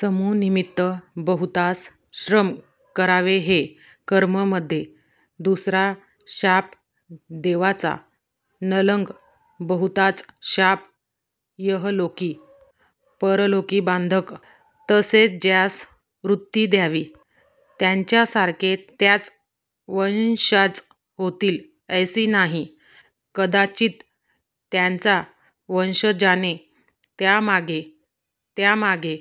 सुम्रानिमित्त बहुतांस श्रम करावे या कर्मामध्यें दूसरा शाप द्यावाच नलगे बहुतांचा शाप यहलोकी परलोकीं बाधक तैसेच ज्यासी वृत्ति द्यावी त्याचसारिखे त्याचे वंशज होतील ऐसें नाही कदाचित् त्याचे वंशजांनी त्यांमागें त्यांमागें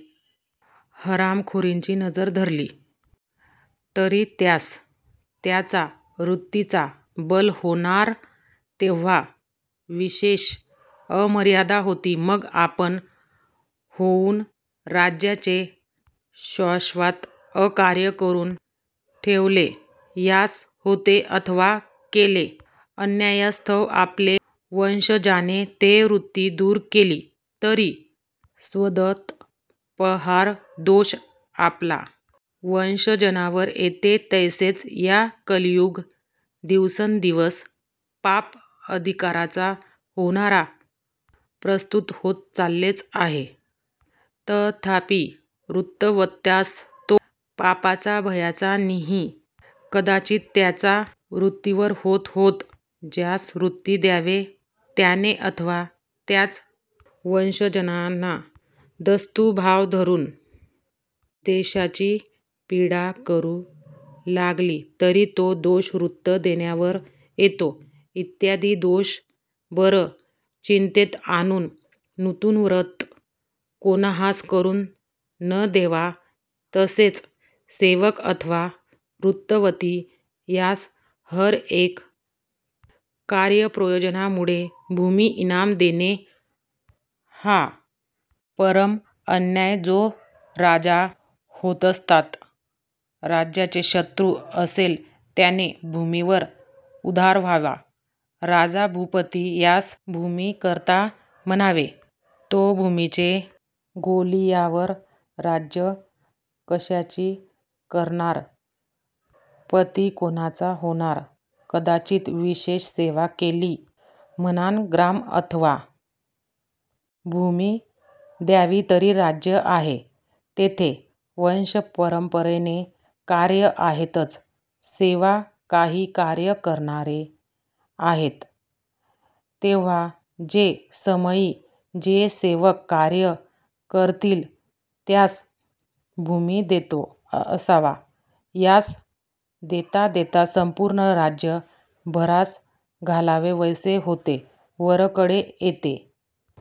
हरामखोरीची नजर धरली तरी त्यास त्याच वृत्तीचें बल होणार तेव्हां विशेष अमर्याद होतो मग आपण होऊन राज्याचे शाश्वत अकार्ये करून ठेविलें यैसें होते अथवा केल्या अन्यायास्तव आपले वंशजांनी ते वृत्ति दूर केली तरी स्वदतापहार दोष आपले वंशजांवरी येतो तैसेंच या कलयुगीं दिवसेंदिवस पाप अधिकच होणार प्रस्तुत होत चाललेंच आहे ततोपी वृत्तिवंतास तों पापाचें भयच नींही कदाचित् त्याच वृत्तीवर होत होत ज्यासी वृत्ति द्यावी त्याणे अथवा त्याचे वंशजांनी दस्युभाव धरून देशास पीडा करूं लागले तरी तो दोष वृत्ति देणारावरी येतो इत्यादि दोष बरे चित्तात आणून नूतन वृत्ति कोण्हास करून न द्यावी तैसेच सेवक आथवा वृत्तिवंत यांसी हर येक कार्यप्रयोजनामुळे भूमि इनाम देणें हा परम अन्याय जो राजा होत्साता राज्याचा शत्रु असेल त्याणी भूमीवर उदार व्हावे राजा भूपति यैसें भूमीकरितां म्हणावें ते भूमीच गेलियावरी राज्य कशाचे करणार पति कोण्हाचा होणार कदाचित् विशेष सेवा केली म्हणौन ग्राम अथवा भूमी द्यावी तरी राज्य आहे तेथे वंशपरंपरेने कार्यें आहेतच सेवकही कार्ये करणार आहेत तेव्हा ज्या समई जे सेवक कार्ये करितील त्यास भूमि देत असावे यैसे देता देता संपूर्ण राज्य भरीस घालावे वैसे होते वरकड येत